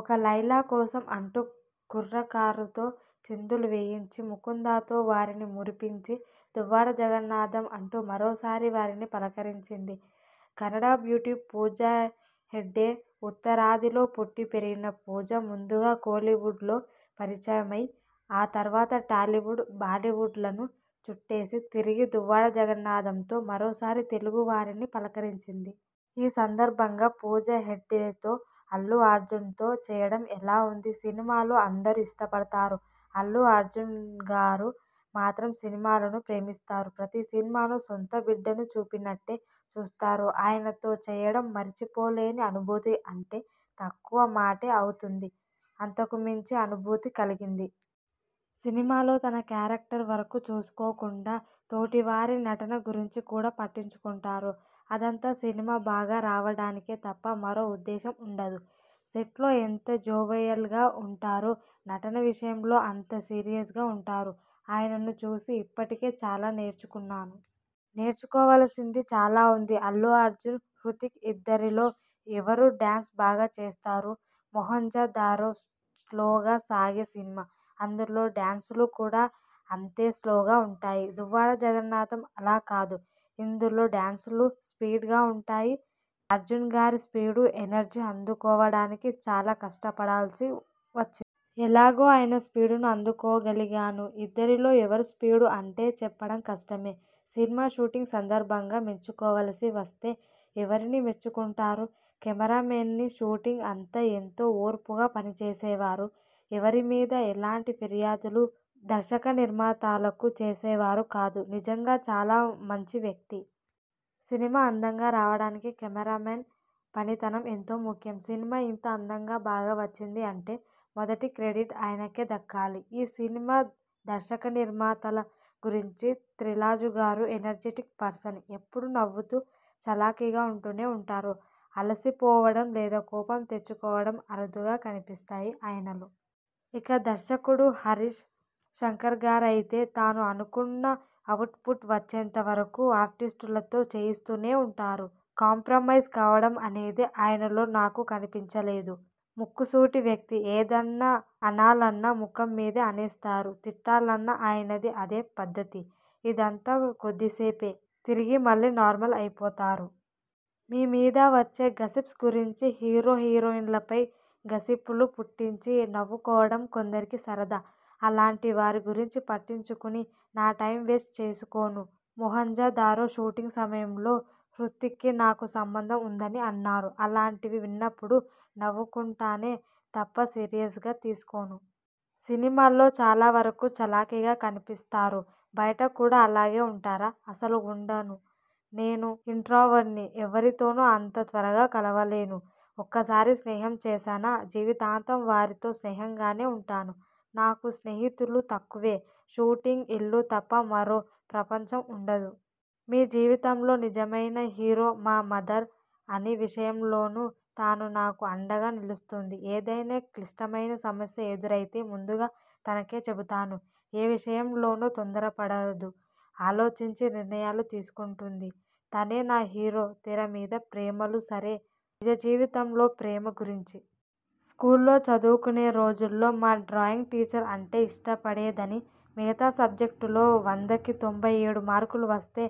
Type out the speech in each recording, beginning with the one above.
ఒక లైలా కోసం అంటూ కుర్రకారుతో చిందులు వేయించి, 'ముకుంద'తో వారిని మురిపించి 'దువ్వాడ జగన్నాథం' అంటూ మరోసారి వారిని పలకరించింది కన్నడ బ్యూటీ పూజా హెగ్డె. ఉత్తరాదిలో పుట్టి పెరిగిన పూజా ముందుగా కోలీవుడ్లో పరిచయమై, ఆ తర్వాత టాలీవుడ్, బాలీవుడ్లను చుట్టేసి తిరిగి 'దువ్వాడ జగన్నాథం'తో మరోసారి తెలుగు వారిని పలకరించింది. ఈ సందర్భంగా పూజా హెగ్డెతో- అల్లుఅర్జున్తో చేయడం ఎలా ఉంది? సినిమాలు అందరూ ఇష్టపడతారు. అల్లు అర్జున్గారు మాత్రం సినిమాలను ప్రేమిస్తారు. ప్రతి సినిమాను సొంత బిడ్డను చూసినట్టే చూస్తారు. ఆయనతో చేయడం మరిచిపోలేని అనుభూతి అంటే తక్కువ మాటే అవుతుంది. అంతకుమించి అనుభూతి కలిగింది. సినిమాలో తన క్యారక్టర్ వరకూ చూసుకోకుండా తోటి వారి నటన గురించి కూడా పట్టించుకుంటారు. అదంతా సినిమా బాగా రావడానికే తప్ప మరో ఉద్దేశం ఉండదు. సెట్లో ఎంత జోవియల్గా ఉంటారో, నటన విషయంలో అంత సీరియస్గా ఉంటారు. ఆయనను చూసి ఇప్పటికే చాలా నేర్చుకున్నాను. నేర్చుకోవలసింది చాలా ఉంది. అల్లు అర్జున్, హృతిక్ ఇద్దరిలో ఎవరు డ్యాన్స్ బాగా చేస్తారు? 'మొహంజదారో' స్లోగా సాగే సినిమా. అందులో డ్యాన్సులు కూడా అంతే స్లోగా ఉంటాయి. 'దువ్వాడ జగన్నాథం' అలా కాదు. ఇందులో డ్యాన్సులు స్పీడ్గా ఉంటాయి.. అర్జున్గారి స్పీడు, ఎనర్జీ అందుకోవడానికి చాలా కష్టపడాల్సి వచ్చింది. ఎలాగో ఆయన స్పీడును అందుకోగలిగాను. ఇద్దరిలో ఎవరు స్పీడు అంటే చెప్పడం కష్టమే! సినిమా షూటింగ్ సందర్భంగా మెచ్చుకోవలసి వస్తే ఎవరిని మెచ్చుకుంటారు? కెమెరామెన్ని. షూటింగ్ అంతా ఎంతో ఓర్పుగా పనిచేసేవారు. ఎవరిమీదా ఎలాంటి ఫిర్యాదులు దర్శకనిర్మాతలకు చేసేవారు కాదు. నిజంగా చాలా మంచి వ్యక్తి. సినిమా అందంగా రావడానికి కెమెరామెన్ పనితనం ఎంతో ముఖ్యం. సినిమా ఇంత అందంగా, బాగా వచ్చింది అంటే మొదటి క్రెడిట్ ఆయనకే దక్కాలి. ఈ సినిమా దర్శకనిర్మాతల గురించి దిల్రాజుగారు ఎనర్జిటిక్ పర్సన్. ఎప్పుడూ నవ్వుతూ, చలాకీగా ఉంటూనే ఉంటారు. అలసి పోవడం, లేదా కోపం తెచ్చుకోవడం అరుదుగా కనిపిస్తాయి ఆయనలో. ఇక దర్శకుడు హరీష్ శంకర్గారయితే తను అనుకున్న అవుట్పుట్ వచ్చేంత వరకూ ఆర్టిస్టులతో చేయిస్తూనే ఉంటారు. కాంప్రమైజ్ కావడం అనేది ఆయనలో నాకు కనిపించలేదు. ముక్కుసూటి వ్యక్తి. ఏదన్నా అనాలన్నా ముఖం మీదే అనేస్తారు. తిట్టాలన్నా ఆయనది అదే పద్ధతి. ఇదంతా కొద్దిసేపే. తిరిగి మళ్ళీ నార్మల్ అయిపోతారు. మీమీద వచ్చే గాసిప్స్ గురించి? హీరో హీరోయిన్లపై గాసిప్పులు పుట్టించి నవ్వుకోవడం కొందరికి సరదా. అలాంటి వారి గురించి పట్టించుకుని నా టైం వేస్ట్ చేసుకోను. 'మొహంజదారో' షూటింగ్ సమయంలో హృతిక్కీ నాకు సంబంధం ఉందని అన్నారు. అలాంటివి విన్నప్పుడు నవ్వుకుంటానే తప్ప సీరియస్గా తీసుకోను. సినిమాల్లో చాలా వరకూ చలాకీగా కనిపిస్తారు. బయట కూడా అలాగే ఉంటారా? అస్సలు ఉండను. నేను ఇంట్రావర్ట్ని. ఎవ్వరితోనూ అంత త్వరగా కలవలేను. ఒకసారి స్నేహం చేశానా? జీవితాంతం వారితో స్నేహంగానే ఉంటాను. నాకు స్నేహితులు తక్కువే! షూటింగ్, ఇల్లు తప్ప మరో ప్రపంచం ఉండదు. మీ జీవితంలో నిజమైన హీరో? మా మదర్. అన్ని విషయాల్లోనూ తను నాకు అండగా నిలుస్తుంది. ఏదైనా క్లిష్టమైన సమస్య ఎదురైతే ముందుగా తనకే చెబుతాను. ఏ విషయంలోనూ తొందరపడదు. ఆలోచించి నిర్ణయాలు తీసుకుంటుంది. తనే నా హీరో. తెర మీద ప్రేమలు సరే నిజజీవితంలోప్రేమ గురించి? స్కూల్లో చదువుకునే రోజుల్లో మా డ్రాయింగ్ టీచర్ అంటే ఇష్టపడేదాన్ని. మిగత సబ్జెక్టుల్లో వందకి తొంభై ఏడు మార్కులు వస్తే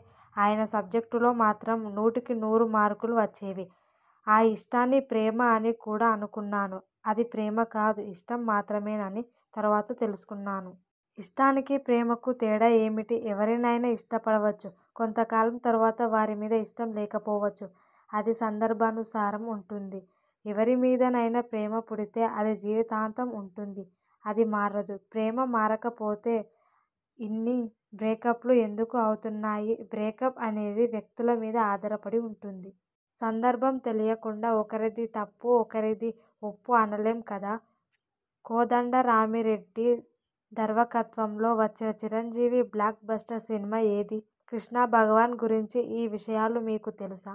ఆయన సబ్జెక్టులో మాత్రం నూటికినూరు మార్కులు వచ్చేవి. ఆ ఇష్టాన్ని ప్రేమ అని కూడా అనుకున్నాను. అది ప్రేమ కాదు, ఇష్టం మాత్రమేనని తరువాత తెలుసుకున్నాను. ఇష్టానికీ, ప్రేమకూ తేడా ఏమిటి? ఎవరినైనా ఇష్టపడవచ్చు. కొంత కాలం తరువాత వారి మీద ఇష్టం లేకపోవచ్చు. అది సందర్భానుసారం ఉంటుంది. ఎవరిమీదనైనా ప్రేమ పుడితే అది జీవితాంతం ఉంటుంది. అది మారదు. ప్రేమ మారకపోతే ఇన్ని బ్రేకప్లు ఎందుకు అవుతున్నాయి? బ్రేకప్ అనేది వ్యక్తుల మీద ఆధారపడి ఉంటుంది. సందర్భం తెలియకుండా ఒకరిది తప్పు, ఒకరిది ఒప్పు అనలేం కదా? కోదండరామిరెడ్డి దర్వకత్వంలో వచ్చిన చిరంజీవి బ్లాక్ బస్టర్ సినిమా ఏది? కృష్ణభగవాన్ గురించి ఈ విషయాలు మీకు తెలుసా?